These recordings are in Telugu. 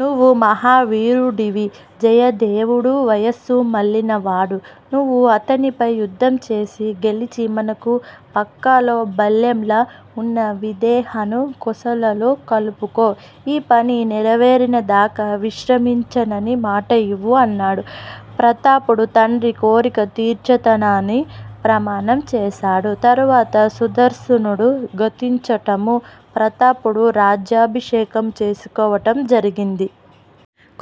నువ్వు మహావీరుడివి. జయదేవుడు వయస్సు మళ్ళినవాడు. నువ్వు అతనిపై యుద్ధంచేసి, గెలిచి మనకు పక్కలో బల్లెంలా వున్న విదేహను కోసలలో కలుపుకో! ఈ పని నెరవేరినదాకా విశ్రమించనని మాట ఇవ్వు అన్నాడు. ప్రతాపుడు తండ్రి కోరిక తీర్చుతనని ప్రమాణం చేశాడు. తరువాత సుదర్సనుడు గతించటమూ, ప్రతాపుడు రాజ్యాభిషేకం చేసుకోవటం జరిగింది.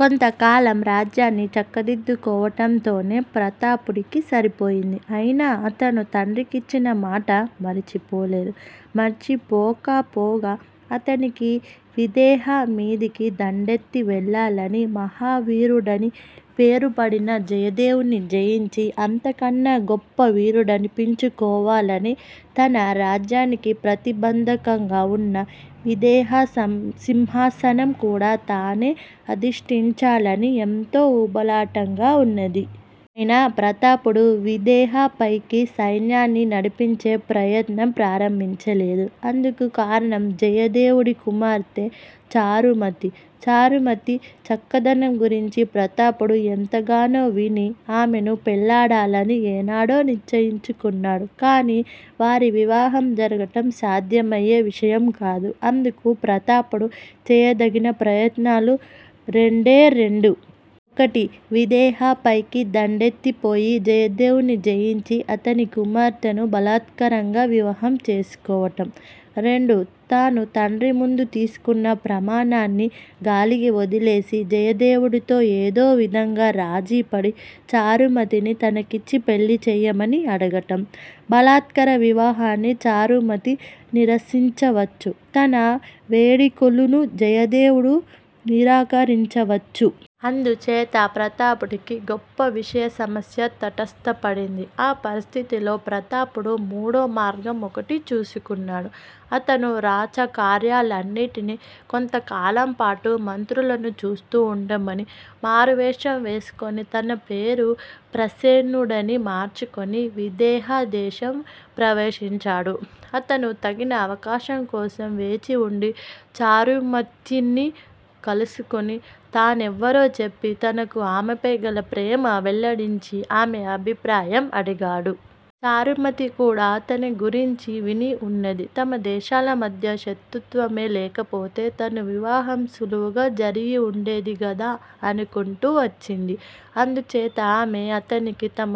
కొంతకాలం రాజ్యాన్ని చక్కదిద్దుకోవటంతోనే ప్రతాపుడికి సరిపోయింది. అయినా అతను తండ్రికి ఇచ్చినమాట మరిచిపోలేదు. మరిచిపోకపోగా అతనికి విదేహ మీదికి దండెత్తి వెళ్ళాలనీ, మహావీరుడని పేరుపడిన జయదేవున్ని జయించి, అంతకన్నా గొప్ప వీరుడనిపించుకోవాలనీ, తన రాజ్యానికి ప్రతిబంధకంగా వున్న విదేహ సింహాసనం కూడా తానే అధిష్టించాలనీ ఎంతో ఉబలాటంగా ఉన్నది. అయినా ప్రతాపుడు విదేహ పైకి సైన్యాన్ని నడిపించే ప్రయత్నం ప్రారంభించలేదు. అందుకు కారణం జయదేవుడి కుమార్తె చారుమతి. చారుమతి చక్కదనం గురించి ప్రతాపుడు ఎంతగానో విని, ఆమెను పెళ్ళాడాలని ఏనాడో నిశ్చయించుకున్నాడు. కానీ వారి వివాహం జరగటం సాధ్యమయ్యే విషయం కాదు. అందుకు ప్రతాపుడు చేయదగిన ప్రయత్నాలు రెండే రెండు. ఒకటి- విదేహ పైకి దండెత్తిపోయి, జయదేవున్ని జయించి, అతని కుమార్తెను బలాత్కారంగా వివాహం చేసుకోవటం, రెండు తాను తండ్రి ముందు తీసుకున్న ప్రమాణాన్ని గాలికి వదిలేసి, జయదేవుడితో ఏదో విధంగా రాజీపడి, చారుమతిని తనకిచ్చి పెళ్ళిచెయ్యమని అడగటం. బలాత్కార వివాహాన్ని చారుమతి నిరసించవచ్చు. తన వేడికోలును జయదేవుడు నిరాకరించవచ్చు. అందుచేత ప్రతాపుడికి గొప్ప విషమ సమస్య తటస్థపడింది. ఆ పరిస్థితిలో ప్రతాపుడు మూడోమార్గం ఒకటి చూసుకున్నాడు. అతను రాచకార్యాలన్నిటినీ కొంతకాలంపాటు మంత్రులను చూస్తూ వుండమని, మారువేషం వేసుకొని, తన పేరు ప్రసేనుడని మార్చుకొని విదేహ దేశం ప్రవేశించాడు. అతను తగిన అవకాశం కోసం వేచివుండి చారుమత్య్ని కలుసుకొని, తానెవరో చెప్పి, తనకు ఆమెపై గల ప్రేమ వెల్లడించి, ఆమె అభిప్రాయం అడిగాడు. చారుమతి కూడా అతన్ని గురించి వినివున్నది. తమ దేశాల మధ్య శతుత్వమే లేకపోతే తన వివాహం సులువుగా జరిగి ఉండేదిగదా అనుకుంటూ వచ్చింది. అందుచేత ఆమె అతనికి తమ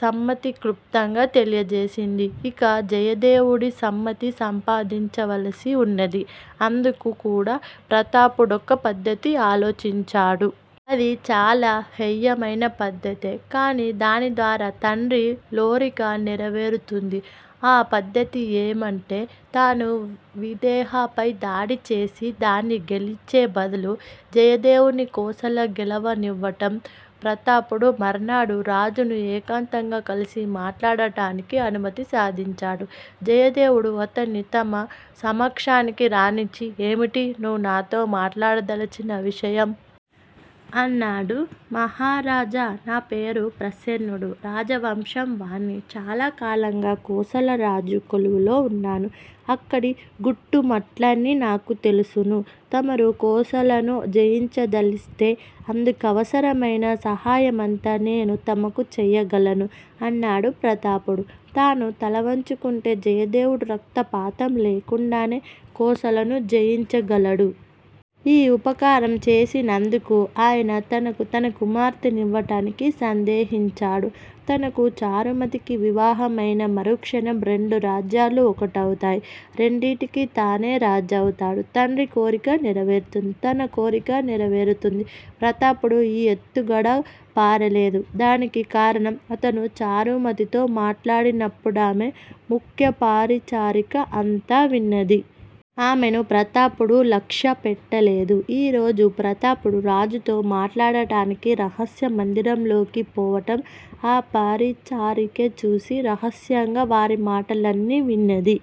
సమ్మతి క్లుప్తంగా తెలియజేసింది. ఇక జయదేవుడి సమ్మతి సంపాదించవలసి వున్నది. అందుకు కూడా ప్రతాపుడొక పద్దతి ఆలోచించాడు. అది చాలా హేయమైన పద్దతే! కాని దానిద్వారా తండ్రి లోరిక నెరవేరుతుంది. ఆ పద్దతి ఏమంటే, తాను విదేహపై దాడిచేసి దాన్ని గెలిచే బదులు, జయదేవున్ని కోసల గెలవ నివ్వటం! ప్రతాపుడు మర్నాడు రాజును ఏకాంతంగా కలిసి మాట్లాడటానికి అనుమతి సాదించాడు. జయదేవుడు అతన్ని తన సమక్షానికి రానిచ్చి ఏమిటి నువ్వు నాతో మాట్లాడదలచిన విషయం? అన్నాడు. మహారాజా, నా పేరు ప్రసేనుడు. రాజవంశంవాణ్ణి. చాలా కాలంగా కోసల రాజు కొలువులో వున్నాను. అక్కడి గుట్టుమట్లన్నీ నాకు తెలుసును. తమరు కోసలను జయించదలిస్తే, అందుకవసరమైన సహాయమంతా నేను తమకు చెయ్యగలను అన్నాడు ప్రతాపుడు. తాను తలవచుకుంటే జయదేవుడు రక్తపాతం లేకుండానే కోసలను జయించగలడు. ఈ ఉపకారం చేసినందుకు ఆయన తనకు తన కుమార్తె నివ్వటానికి సందేహించాడు. తనకూ చారుమతికీ వివాహం అయిన మరుక్షణం రెండు రాజ్యాలూ ఒకటవుతాయి, రెంటికీ తానే రాజవుతాడు. తండ్రి కోరికా నెరవేరుతుంది. తన కోరికా నెరవేరుతుంది. ప్రతాపుడి ఈ ఎత్తుగడ పారలేదు. దానికి కారణం అతను చారుమతితో మాట్లాడినప్పుడామె ముఖ్య పారిచారిక అంతా విన్నది. ఆమెను ప్రతాపుడు లక్ష్యపెట్టలేదు. ఈ రోజు ప్రతాపుడు రాజుతో మాట్లాడటానికి రహస్య మందిరంలోకి పోవటం ఆ పారిచారికే చూసి, రహస్యంగా వారి మాటలన్నీ విన్నది.